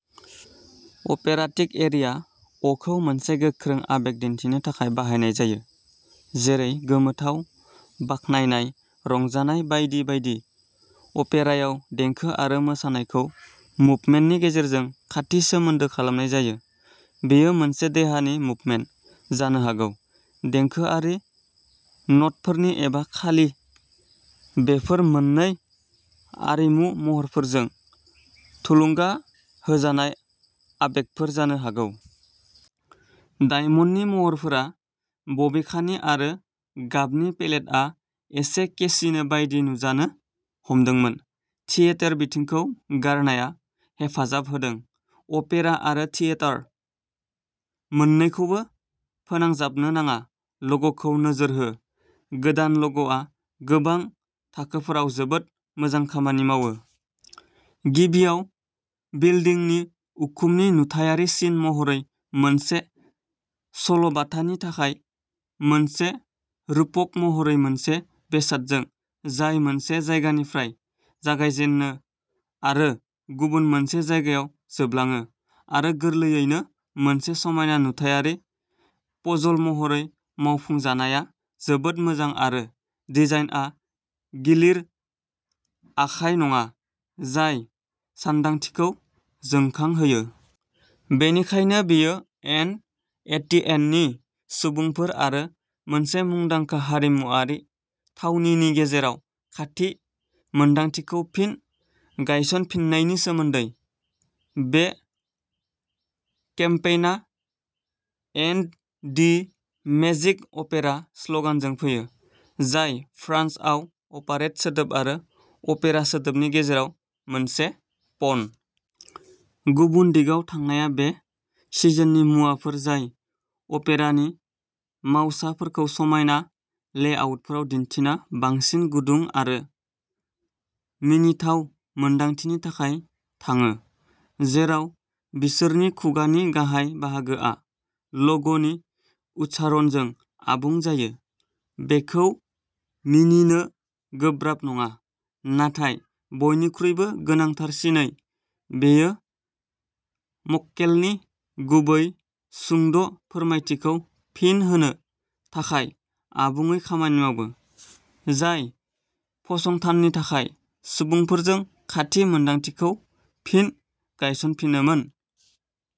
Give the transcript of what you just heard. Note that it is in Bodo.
अपेराटिक एरिया। "अ" खौ मोनसे गोख्रों आबेग दिन्थिनो थाखाय बाहायनाय जायो जेरै गोमोथाव, बाख्नायनाय, रंजानाय बायदि बायदि। अपेरायाव, देंखो आरो मोसानायखौ मुभमेन्टनि गेजेरजों खाथि सोमोन्दो खालामनाय जायो। बेयो मोनसे देहानि मुभमेन्ट जानो हागौ, देंखोआरि न'टफोरनि एबा खालि बेफोर मोननै आरिमु महरफोरजों थुलुंगा होजानाय आबेगफोर जानो हागौ। डायमन्डनि महरफोरा, बबेखानि आरो गाबनि पेलेटआ एसे केसिनो बायदि नुजानो हमदोंमोन। थियेटार बिथिंखौ गारनाया हेफाजाब होदों। अपेरा आरो थियेटार मोन्नैखौबो फोनांजाबनो नाङा, ल'ग'खौ नोजोर हो। गोदान ल'ग'आ गोबां थाखोफोराव जोबोद मोजां खामानि मावो। गिबियाव, बिल्दिंनि उखुमनि नुथायारि सिन महरै मोनसे सल'बाथानि थाखाय मोनसे रुपक महरै, मोनसे बेसादजों जाय मोनसे जायगानिफ्राय जागायजेनो आरो गुबुन मोनसे जायगायाव जोबलाङो आरो गोरलैयैनो मोनसे समायना नुथायारि पजल महरै मावफुंनाया जोबोद मोजां आरो डिजाइनआ गिलिर आखाय नङा, जाय सानदांथिखौ जोंखांहोयो। बेनिखायनो बेयो सेन्ट-एटिएननि सुबुंफोर आरो मोनसे मुंदांखा हारिमुआरि थावनिनि गेजेराव खाथि मोन्दांथिखौ फिन गायसनफिन्नायनि सोमोन्दै। बे केम्पेइना "एन्ड दि मेजिक अपेरा" स्ल'गानजों फैयो, जाय फ्रान्सआव "अपारेट" सोदोब आरो "अपेरा" सोदोबनि गेजेराव मोनसे पन। गुबुन दिगाव थांनाया बे सिजननि मुवाफोर जाय अपेरानि मावसाफोरखौ समायना लेआउटफोराव दिन्थिना बांसिन गुदुं आरो मिनिथाव मोन्दांथिनि थाखाय थाङो, जेराव बिसोरनि खुगानि गाहाय बाहागोआ ल'ग'नि उच्चारणजों आबुं जायो। बेखौ मिनिनो गोब्राब नङा, नाथाय बयनिख्रुइबो गोनांथारसिनै बेयो मक्केलनि गुबै सुंद' फोरमायथिखौ फिन होनो थाखाय आबुङै खामानि मावो, जाय फसंथाननि थाखाय सुबुंफोरजों खाथि मोन्दांथिखौ फिन गायसनफिननोमोन।